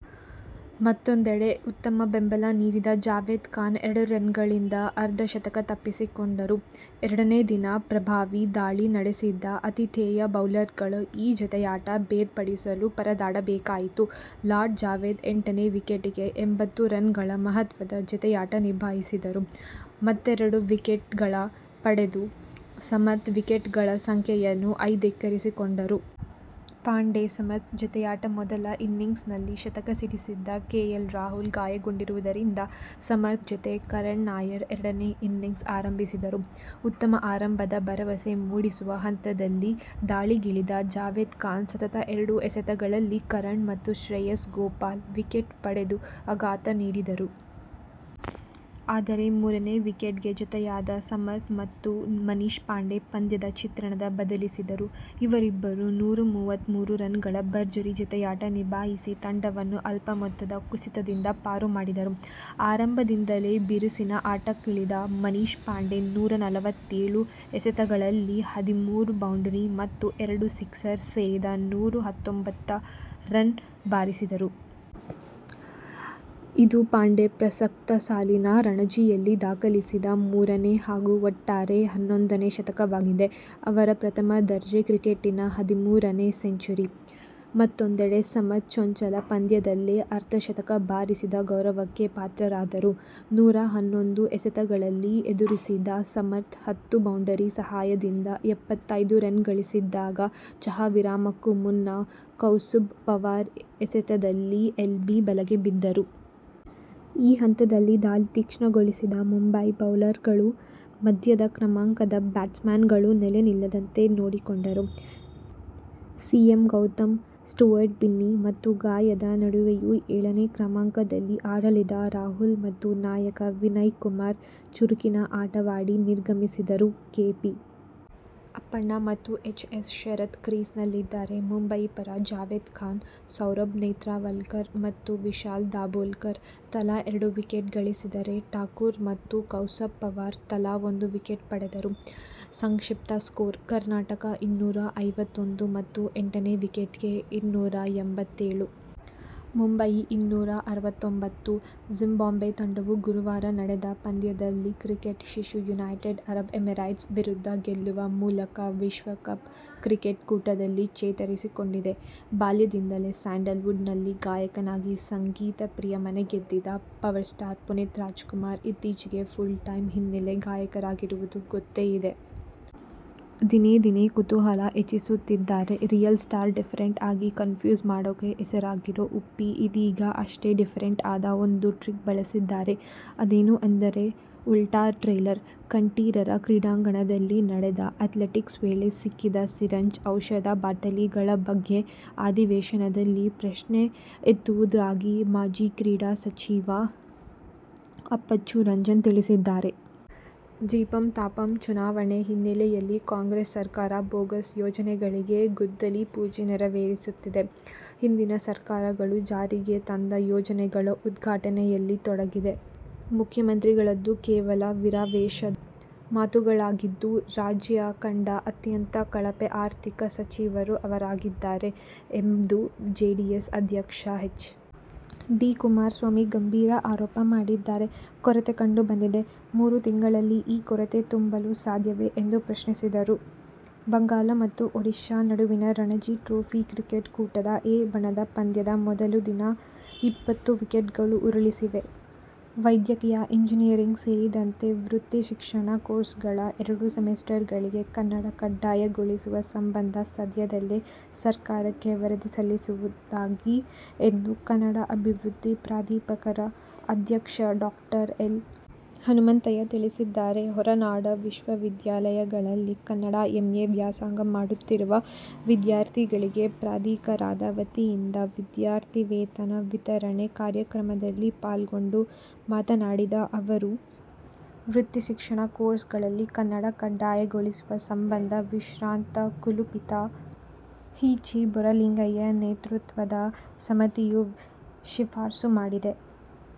ಮತ್ತೂಂದೆಡೆ ಉತ್ತಮ ಬೆಂಬಲ ನೀಡಿದ ಜಾವೇದ್ ಖಾನ್ ಎರಡು ರನ್ಗಳಿಂದ ಅರ್ಧ ಶತಕ ತಪ್ಪಿಸಿಕೊಂಡರು. ಎರಡನೇ ದಿನ ಪ್ರಭಾವಿ ದಾಳಿ ನಡೆಸಿದ್ದ ಆತಿಥೇಯ ಬೌಲರ್ಗಳು ಈ ಜತೆಯಾಟ ಬೇರ್ಪಡಿಸಲು ಪರದಾಡಬೇಕಾಯಿತು. ಲಾಡ್-ಜಾವೇದ್ ಎಂಟನೇ ವಿಕೆಟಿಗೆ ಎಂಬತ್ತು ರನ್ಗಳ ಮಹತ್ವದ ಜತೆಯಾಟ ನಿಭಾಯಿಸಿದರು. ಮತ್ತೆರಡು ವಿಕೆಟ್ ಪಡೆದ ಸಮರ್ಥ್ ವಿಕೆಟ್ಗಳ ಸಂಖ್ಯೆಯನ್ನು ಐದಕ್ಕೇರಿಸಿಕೊಂಡರು. ಪಾಂಡೆ- ಸಮರ್ಥ್ ಜತೆಯಾಟಮೊದಲ ಇನಿಂಗ್ಸ್ನಲ್ಲಿ ಶತಕ ಸಿಡಿಸಿದ್ದ ಕೆ. ಎಲ್. ರಾಹುಲ್ ಗಾಯಗೊಂಡಿದ್ದರಿಂದ ಸಮರ್ಥ್ ಜತೆ ಕರಣ್ ನಾಯರ್ ಎರಡನೇ ಇನಿಂಗ್ಸ್ ಆರಂಭಿಸಿದರು. ಉತ್ತಮ ಆರಂಭದ ಭರವಸೆ ಮೂಡಿಸುವ ಹಂತದಲ್ಲಿ ದಾಳಿಗಿಳಿದ ಜಾವೇದ್ ಖಾನ್ ಸತತ ಎರಡು ಎಸೆತಗಳಲ್ಲಿ ಕರಣ್ ಮತ್ತು ಶ್ರೇಯಸ್ ಗೋಪಾಲ್ ವಿಕೆಟ್ ಪಡೆದು ಆಘಾತ ನೀಡಿದರು. ಆದರೆ ಮೂರನೇ ವಿಕೆಟ್ಗೆ ಜತೆಯಾದ ಸಮರ್ಥ್ ಮತ್ತು ಮನೀಷ್ ಪಾಂಡೆ ಪಂದ್ಯದ ಚಿತ್ರಣ ಬದಲಿಸಿದರು. ಇವರಿಬ್ಬರು ನೂರ ಮೂವತ್ಮೂರು ರನ್ಗಳ ಭರ್ಜರಿ ಜತೆಯಾಟ ನಿಭಾಯಿಸಿ ತಂಡವನ್ನು ಅಲ್ಪ ಮೊತ್ತದ ಕುಸಿತದಿಂದ ಪಾರು ಮಾಡಿದರು. ಆರಂಭದಿಂದಲೇ ಬಿರುಸಿನ ಆಟಕ್ಕಿಳಿದ ಮನೀಷ್ ಪಾಂಡೆ ನೂರ ನಲವತ್ತೇಳು ಎಸೆತಗಳಲ್ಲಿ ಹದಿಮೂರು ಬೌಂಡರಿ ಮತ್ತು ಎರಡು ಸಿಕ್ಸರ್ ಸೇರಿದ ನೂರ ಹತ್ತೊಂಬತ್ತು ರನ್ ಬಾರಿಸಿದರು. ಇದು ಪಾಂಡೆ ಪ್ರಸಕ್ತ ಸಾಲಿನ ರಣಜಿಯಲ್ಲಿ ದಾಖಲಿಸಿದ ಮೂರನೇ ಹಾಗೂ ಒಟ್ಟಾರೆ ಹನ್ನೊಂದನೇ ಶತಕವಾಗಿದೆ. ಅವರ ಪ್ರಥಮ ದರ್ಜೆ ಕ್ರಿಕೆಟಿನ ಹದಿಮೂರನೇ ಸೆಂಚುರಿ. ಮತ್ತೂಂದೆಡೆ ಸಮರ್ಥ್ ಚೊಚ್ಚಲ ಪಂದ್ಯದಲ್ಲೇ ಅರ್ಧ ಶತಕ ಬಾರಿಸಿದ ಗೌರವಕ್ಕೆ ಪಾತ್ರರಾದರು. ನೂರ ಹನ್ನೊಂದು ಎಸೆತಗಳನ್ನು ಎದುರಿಸಿದ ಸಮರ್ಥ್ ಹತ್ತು ಬೌಂಡರಿ ಸಹಾಯದಿಂದ ಎಪ್ಪತ್ತೈದು ರನ್ ಗಳಿಸಿದ್ದಾಗ ಚಹಾ ವಿರಾಮಕ್ಕೂ ಮುನ್ನ ಕೌಸ್ತುಭ್ ಪವಾರ್ ಎಸೆತದಲ್ಲಿ ಎಲ್ಬಿ ಬಲೆಗೆ ಬಿದ್ದರು. ಈ ಹಂತದಲ್ಲಿ ದಾಳಿ ತೀಕ್ಷ್ಣಗೊಳಿಸಿದ ಮುಂಬಯಿ ಬೌಲರ್ಗಳು ಮಧ್ಯಮ ಕ್ರಮಾಂಕದ ಬ್ಯಾಟ್ಸ್ಮನ್ಗಳು ನೆಲೆ ನಿಲ್ಲದಂತೆ ನೋಡಿಕೊಂಡರು. C. M. Gautam, Stuart Binny ಮತ್ತು ಗಾಯದ ನಡುವೆಯೂ ಏಳನೇ ಕ್ರಮಾಂಕದಲ್ಲಿ ಆಡಲಿಳಿದ ರಾಹುಲ್ ಮತ್ತು ನಾಯಕ ವಿನಯ್ ಕುಮಾರ್ ಚುರುಕಿನ ಆಟವಾಡಿ ನಿರ್ಗಮಿಸಿದರು. ಕೆ. ಪಿ. ಅಪ್ಪಣ್ಣ ಮತ್ತು ಎಚ್. ಎಸ್. ಶರತ್ ಕ್ರೀಸ್ನಲ್ಲಿದ್ದಾರೆ. ಮುಂಬಯಿ ಪರ ಜಾವೇದ್ ಖಾನ್, ಸೌರಭ್ ನೇತ್ರಾವಲ್ಕರ್ ಮತ್ತು ವಿಶಾಲ್ ದಾಭೋಲ್ಕರ್ ತಲಾ ಎರಡು ವಿಕೆಟ್ ಗಳಿಸಿದರೆ, ಠಾಕೂರ್ ಮತ್ತು ಕೌಸ್ತುಭ್ ಪವಾರ್ ತಲಾ ಒಂದು ವಿಕೆಟ್ ಪಡೆದರು. ಸಂಕ್ಷಿಪ್ತ ಸ್ಕೋರ್: ಕರ್ನಾಟಕ-ಇನ್ನೂರ ಐವತ್ತೊಂದು ಮತ್ತು ಎಂಟು ವಿಕೆಟಿಗೆ ಇನ್ನೂರ ಎಂಬತ್ತೇಳು. ಮುಂಬಯಿ-ಇನ್ನೂರ ಅರವತ್ತೊಂಬತ್ತು. ಜಿಂಬಾಬ್ವೆ ತಂಡವು ಗುರುವಾರ ನಡೆದ ಪಂದ್ಯದಲ್ಲಿ ಕ್ರಿಕೆಟ್ ಶಿಶು ಯುನೈಟೆಡ್ ಅರಬ್ ಎಮಿರೇಟ್ಸ್ ವಿರುದ್ಧ ಗೆಲ್ಲುವ ಮೂಲಕ ವಿಶ್ವ ಕಪ್ ಕ್ರಿಕೆಟ್ ಕೂಟದಲ್ಲಿ ಚೇತರಿಸಿಕೊಂಡಿದೆ. ಬಾಲ್ಯದಿಂದಲೇ ಸ್ಯಾಂಡಲ್ ವುಡ್'ನಲ್ಲಿ ಗಾಯಕನಾಗಿ ಸಂಗೀತ ಪ್ರಿಯರ ಮನಗೆದ್ದಿದ್ದ ಪವರ್ ಸ್ಟಾರ್ ಪುನೀತ್ ರಾಜ್ ಕುಮಾರ್ ಇತ್ತೀಚೆಗೆ ಫುಲ್ ಟೈಂ ಹಿನ್ನಲೆ ಗಾಯಕರಾಗಿರುವುದು ಗೊತ್ತೆ ಇದೆ. ದಿನೇ ದಿನೇ ಕುತೂಹಲ ಹೆಚ್ಚಿಸುತ್ತಿದ್ದಾರೆ ರಿಯಲ್ ಸ್ಟಾರ್, ಡಿಫರೆಂಟ್ ಆಗಿ ಕನ್ ಫ್ಯೂಸ್ ಮಾಡೊಕ್ಕೆ ಹೆಸರಾಗಿರೋ ಉಪ್ಪಿ ಇದೀಗ ಅಷ್ಟೇ ಡಿಫರೆಂಟ್ ಆದ ಒಂದು ಟ್ರಿಕ್ ಬಳಸಿದ್ದಾರೆ. ಅದೇನು ಅಂದರೆ ಉಲ್ಟಾ ಟ್ರೇಲರ್. ಕಂಠೀರವ ಕ್ರೀಡಾಂಗಣದಲ್ಲಿ ನಡೆದ ಆ್ಯತ್ಲೆಟಿಕ್ಸ್ ವೇಳೆ ಸಿಕ್ಕಿದ ಸಿರಿಂಜ್, ಔಷಧ ಬಾಟಲಿಗಳ ಬಗ್ಗೆ ಅಧಿವೇಶನದಲ್ಲಿ ಪ್ರಶ್ನೆ ಎತ್ತುವುದಾಗಿ ಮಾಜಿ ಕ್ರೀಡಾ ಸಚಿವ ಅಪ್ಪಚ್ಚು ರಂಜನ್ ತಿಳಿಸಿದ್ದಾರೆ. ಜಿಪಂ, ತಾಪಂ ಚುನಾವಣೆ ಹಿನ್ನೆಲೆಯಲ್ಲಿ ಕಾಂಗ್ರೆಸ್ ಸರಕಾರ ಬೋಗಸ್ ಯೋಜನೆಗಳಿಗೆ ಗುದ್ದಲಿ ಪೂಜೆ ನೆರವೇರಿಸುತ್ತಿದೆ. ಹಿಂದಿನ ಸರಕಾರಗಳು ಜಾರಿಗೆ ತಂದ ಯೋಜನೆಗಳ ಉದ್ಘಾಟನೆಯಲ್ಲಿ ತೊಡಗಿದೆ. ಮುಖ್ಯಮಂತ್ರಿಗಳದ್ದು ಕೇವಲ ವೀರಾವೇಶದ ಮಾತುಗಳಾಗಿದ್ದು, ರಾಜ್ಯ ಕಂಡ ಅತ್ಯಂತ ಕಳಪೆ ಆರ್ಥಿಕ ಸಚಿವರು ಅವರಾಗಿದ್ದಾರೆ ಎಂದು ಜೆಡಿಎಸ್ ರಾಜ್ಯಾಧ್ಯಕ್ಷ ಎಚ್. ಡಿ. ಕುಮಾರಸ್ವಾಮಿ ಗಂಭೀರ ಆರೋಪ ಮಾಡಿದ್ದಾರೆ. ಕೊರತೆ ಕಂಡು ಬಂದಿದೆ. ಮೂರು ತಿಂಗಳಲ್ಲಿ ಈ ಕೊರತೆ ತುಂಬಲು ಸಾಧ್ಯವೇ ಎಂದು ಪ್ರಶ್ನಿಸಿದರು. ಬಂಗಾಲ ಮತ್ತು ಒಡಿಶಾ ನಡುವಣ ರಣಜಿ ಟ್ರೋಫಿ ಕ್ರಿಕೆಟ್ ಕೂಟದ 'ಎ' ಬಣದ ಪಂದ್ಯದ ಮೊದಲ ದಿನ ಇಪ್ಪತ್ತು ವಿಕೆಟ್ಗಳು ಉರುಳಿವೆ. ವೈದ್ಯಕೀಯ, ಎಂಜಿನಿಯರಿಂಗ್ ಸೇರಿದಂತೆ ವೃತ್ತಿ ಶಿಕ್ಷಣ ಕೋರ್ಸ್ಗಳ ಎರಡು ಸೆಮಿಸ್ಟರ್ಗಳಿಗೆ ಕನ್ನಡ ಕಡ್ಡಾಯಗೊಳಿಸುವ ಸಂಬಂಧ ಸದ್ಯದಲ್ಲೇ ಸರ್ಕಾರಕ್ಕೆ ವರದಿ ಸಲ್ಲಿಸಲಾಗುವುದು ಎಂದು ಕನ್ನಡ ಅಭಿವೃದ್ಧಿ ಪ್ರಾಧಿಕಾರದ ಅಧ್ಯಕ್ಷ ಡಾಕ್ಟರ್ ಎಲ್. ಹನುಮಂತಯ್ಯ ತಿಳಿಸಿದ್ದಾರೆ. ಹೊರನಾಡ ವಿಶ್ವವಿದ್ಯಾಲಯಗಳಲ್ಲಿ ಕನ್ನಡ ಎಂ. ಎ. ವ್ಯಾಸಂಗ ಮಾಡುತ್ತಿರುವ ವಿದ್ಯಾರ್ಥಿಗಳಿಗೆ ಪ್ರಾಧಿಕಾರದ ವತಿಯಿಂದ ವಿದ್ಯಾರ್ಥಿವೇತನ ವಿತರಣೆ ಕಾರ್ಯಕ್ರಮದಲ್ಲಿ ಪಾಲ್ಗೊಂಡು ಮಾತನಾಡಿದ ಅವರು, ವೃತ್ತಿ ಶಿಕ್ಷಣ ಕೋರ್ಸ್ಗಳಲ್ಲಿ ಕನ್ನಡ ಕಡ್ಡಾಯಗೊಳಿಸುವ ಸಂಬಂಧ ವಿಶ್ರಾಂತ ಕುಲಪತಿ ಹಿ. ಚಿ. ಬೋರಲಿಂಗಯ್ಯ ನೇತೃತ್ವದ ಸಮಿತಿಯೂ ಶಿಫಾರಸು ಮಾಡಿದೆ.